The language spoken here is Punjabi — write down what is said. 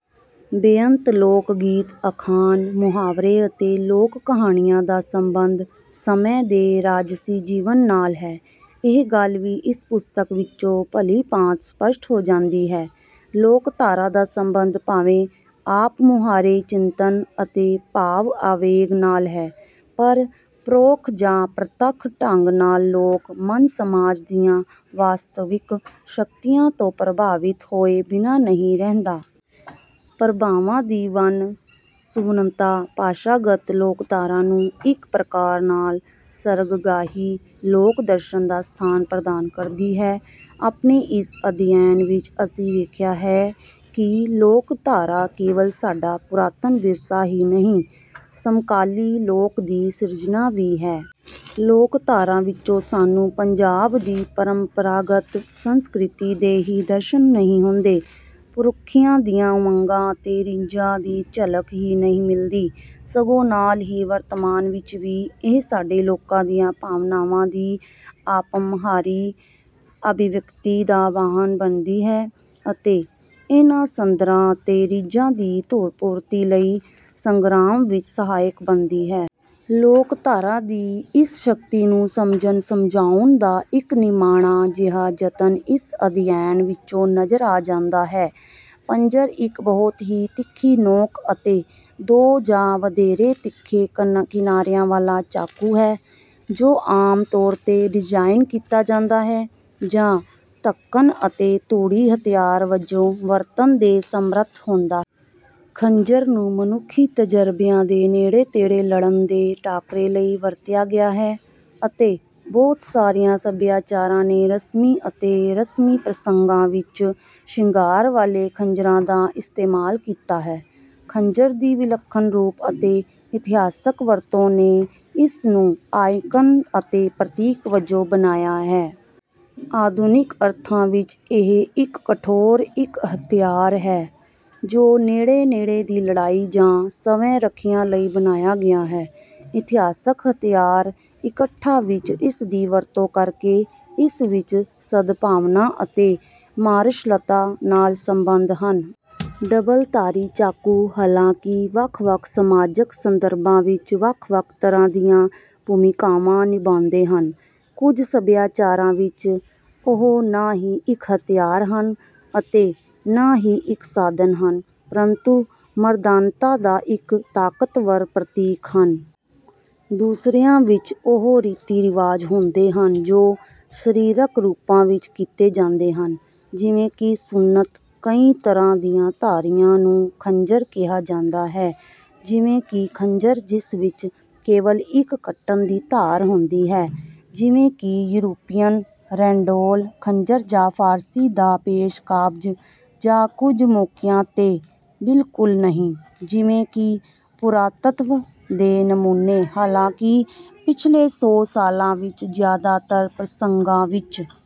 ਬੇਅੰਤ ਲੋਕਗੀਤ, ਅਖਾਣ, ਮੁਹਾਵਰੇ ਅਤੇ ਲੋਕ-ਕਹਾਣੀਆਂ ਦਾ ਸਬੰਧ ਸਮੇਂ ਦੇ ਰਾਜਸੀ ਜੀਵਨ ਨਾਲ ਹੈ। ਇਹ ਗੱਲ ਵੀ ਇਸ ਪੁਸਤਕ ਵਿੱਚੋਂ ਭਲੀ-ਭਾਂਤ ਸਪਸ਼ਟ ਹੋ ਜਾਂਦੀ ਹੈ। ਲੋਕਧਾਰਾ ਦਾ ਸਬੰਧ ਭਾਵੇਂ ਆਪਮੁਹਾਰੇ ਚਿੰਤਨ ਅਤੇ ਭਾਵ-ਆਵੇਗ ਨਾਲ ਹੈ, ਪਰ ਪਰੋਖ ਜਾਂ ਪ੍ਰਤੱਖ ਢੰਗ ਨਾਲ ਲੋਕ-ਮਨ ਸਮਾਜ ਦੀਆਂ ਵਾਸਤਵਿਕ ਸ਼ਕਤੀਆਂ ਤੋਂ ਪ੍ਰਭਾਵਿਤ ਹੋਏ ਬਿਨਾਂ ਨਹੀਂ ਰਹਿੰਦਾ। ਪ੍ਰਭਾਵਾਂ ਦੀ ਵੰਨ-ਸੁਵੰਨਤਾ ਭਾਸ਼ਾਗਤ ਲੋਕਧਾਰਾ ਨੂੰ ਇੱਕ ਪ੍ਰਕਾਰ ਨਾਲ ਸਰਗਰਾਹੀ ਲੋਕ-ਦਰਸ਼ਨ ਦਾ ਸਥਾਨ ਪ੍ਰਦਾਨ ਕਰਦੀ ਹੈ। ਆਪਣੇ ਇਸ ਅਧਿਐਨ ਵਿੱਚ ਅਸੀਂ ਵੇਖਿਆ ਹੈ ਕਿ ਲੋਕਧਾਰਾ ਕੇਵਲ ਸਾਡਾ ਪੁਰਾਤਨ ਵਿਰਸਾ ਹੀ ਨਹੀਂ, ਸਮਕਾਲੀ 'ਲੋਕ' ਦੀ ਸਿਰਜਣਾ ਵੀ ਹੈ। ਲੋਕਧਾਰਾ ਵਿੱਚੋਂ ਸਾਨੂੰ ਪੰਜਾਬ ਦੀ ਪਰੰਪਰਾਗਤ ਸੰਸਕ੍ਰਿਤੀ ਦੇ ਹੀ ਦਰਸ਼ਨ ਨਹੀਂ ਹੁੰਦੇ, ਪੁਰਖਿਆਂ ਦੀਆਂ ਉਮੰਗਾਂ ਅਤੇ ਰੀਝਾਂ ਦੀ ਝਲਕ ਹੀ ਨਹੀਂ ਮਿਲਦੀ, ਸਗੋਂ ਨਾਲ ਹੀ ਵਰਤਮਾਨ ਵਿੱਚ ਵੀ ਇਹ ਸਾਡੇ ਲੋਕਾਂ ਦੀਆਂ ਭਾਵਨਾਵਾਂ ਦੀ ਆਪਮੁਹਾਰੀ ਅਭਿਵਿਅਕਤੀ ਦਾ ਵਾਹਨ ਬਣਦੀ ਹੈ ਅਤੇ ਇਹਨਾਂ ਸੱਧਰਾਂ ਅਤੇ ਰੀਝਾਂ ਦੀ ਪੂਰਤੀ ਲਈ ਸੰਗਰਾਮ ਵਿੱਚ ਸਹਾਇਕ ਬਣਦੀ ਹੈ। ਲੋਕਧਾਰਾ ਦੀ ਇਸ ਸ਼ਕਤੀ ਨੂੰ ਸਮਝਣ-ਸਮਝਾਉਣ ਦਾ ਇੱਕ ਨਿਮਾਣਾ ਜਿਹਾ ਜਤਨ ਇਸ ਅਧਿਐਨ ਵਿੱਚੋਂ ਨਜ਼ਰ ਆ ਜਾਂਦਾ ਹੈ। ਖੰਜਰ ਇੱਕ ਬਹੁਤ ਹੀ ਤਿੱਖੀ ਨੋਕ ਅਤੇ ਦੋ ਜਾਂ ਵਧੇਰੇ ਤਿੱਖੇ ਕਿਨਾਰਿਆਂ ਵਾਲਾ ਚਾਕੂ ਹੈ, ਜੋ ਆਮ ਤੌਰ 'ਤੇ ਡਿਜ਼ਾਈਨ ਕੀਤਾ ਜਾਂਦਾ ਹੈ ਜਾਂ ਧੱਕਣ ਅਤੇ ਤੂੜੀ ਹਥਿਆਰ ਵਜੋਂ ਵਰਤਣ ਦੇ ਸਮਰੱਥ ਹੁੰਦਾ ਹੈ। ਖੰਜਰ ਨੂੰ ਮਨੁੱਖੀ ਤਜ਼ਰਬਿਆਂ ਦੇ ਨੇੜੇ-ਤੇੜੇ ਲੜਨ ਦੇ ਟਾਕਰੇ ਲਈ ਵਰਤਿਆ ਗਿਆ ਹੈ, ਅਤੇ ਬਹੁਤ ਸਾਰੀਆਂ ਸਭਿਆਚਾਰਾਂ ਨੇ ਰਸਮੀ ਅਤੇ ਰਸਮੀ ਪ੍ਰਸੰਗਾਂ ਵਿੱਚ ਸ਼ਿੰਗਾਰ ਵਾਲੇ ਖੰਜਰਾਂ ਦਾ ਇਸਤੇਮਾਲ ਕੀਤਾ ਹੈ। ਖੰਜਰ ਦੀ ਵਿਲੱਖਣ ਰੂਪ ਅਤੇ ਇਤਿਹਾਸਕ ਵਰਤੋਂ ਨੇ ਇਸ ਨੂੰ ਆਈਕਨ ਅਤੇ ਪ੍ਰਤੀਕ ਵਜੋਂ ਬਣਾਇਆ ਹੈ। ਆਧੁਨਿਕ ਅਰਥਾਂ ਵਿੱਚ ਇਹ ਇੱਕ ਕਠੋਰ ਇੱਕ-ਹਥਿਆਰ ਹੈ ਜੋ ਨੇੜੇ-ਨੇੜੇ ਦੀ ਲੜਾਈ ਜਾਂ ਸਵੈ-ਰੱਖਿਆ ਲਈ ਬਣਾਇਆ ਗਿਆ ਹੈ। ਇਤਿਹਾਸਕ ਹਥਿਆਰ ਇਕੱਠਾਂ ਵਿੱਚ ਇਸਦੀ ਵਰਤੋਂ ਕਰਕੇ, ਇਸ ਵਿੱਚ ਸਦਭਾਵਨਾ ਅਤੇ ਮਾਰਸ਼ਲਤਾ ਨਾਲ ਸੰਬੰਧ ਹਨ। ਡਬਲ-ਧਾਰੀ ਚਾਕੂ, ਹਾਲਾਂਕਿ, ਵੱਖ-ਵੱਖ ਸਮਾਜਕ ਸੰਦਰਭਾਂ ਵਿੱਚ ਵੱਖ-ਵੱਖ ਤਰ੍ਹਾਂ ਦੀਆਂ ਭੂਮਿਕਾਵਾਂ ਨਿਭਾਉਂਦੇ ਹਨ। ਕੁਝ ਸੱਭਿਆਚਾਰਾਂ ਵਿੱਚ, ਉਹ ਨਾ ਹੀ ਇੱਕ ਹਥਿਆਰ ਹਨ ਅਤੇ ਨਾ ਹੀ ਇੱਕ ਸਾਧਨ ਹਨ, ਪਰੰਤੂ ਮਰਦਾਨਤਾ ਦਾ ਇੱਕ ਤਾਕਤਵਰ ਪ੍ਰਤੀਕ ਹਨ। ਦੂਸਰਿਆਂ ਵਿੱਚ ਉਹ ਰੀਤੀ-ਰਿਵਾਜ ਹੁੰਦੇ ਹਨ ਜੋ ਸਰੀਰਕ ਰੂਪਾਂ ਵਿੱਚ ਕੀਤੇ ਜਾਂਦੇ ਹਨ ਜਿਵੇਂ ਕਿ ਸੁੰਨਤ। ਕਈ ਤਰ੍ਹਾਂ ਦੀਆਂ ਧਾਰੀਆਂ ਨੂੰ ਖੰਜਰ ਕਿਹਾ ਜਾਂਦਾ ਹੈ, ਜਿਵੇਂ ਕਿ ਖੰਜਰ ਜਿਸ ਵਿੱਚ ਕੇਵਲ ਇੱਕ ਕੱਟਣ ਦੀ ਧਾਰ ਹੁੰਦੀ ਹੈ, ਜਿਵੇਂ ਕਿ ਯੂਰਪੀਅਨ ਰੋਂਡੈਲ ਖੰਜਰ ਜਾਂ ਫ਼ਾਰਸੀ ਦਾ ਪੇਸ਼-ਕਾਬਜ਼, ਜਾਂ ਕੁਝ ਮੌਕਿਆਂ 'ਤੇ, ਬਿਲਕੁਲ ਨਹੀਂ, ਜਿਵੇਂ ਕਿ ਪੁਰਾਤੱਤਵ ਦੇ ਨਮੂਨੇ। ਹਾਲਾਂਕਿ, ਪਿਛਲੇ ਸੌ ਸਾਲਾਂ ਵਿੱਚ ਜ਼ਿਆਦਾਤਰ ਪ੍ਰਸੰਗਾਂ ਵਿੱਚ,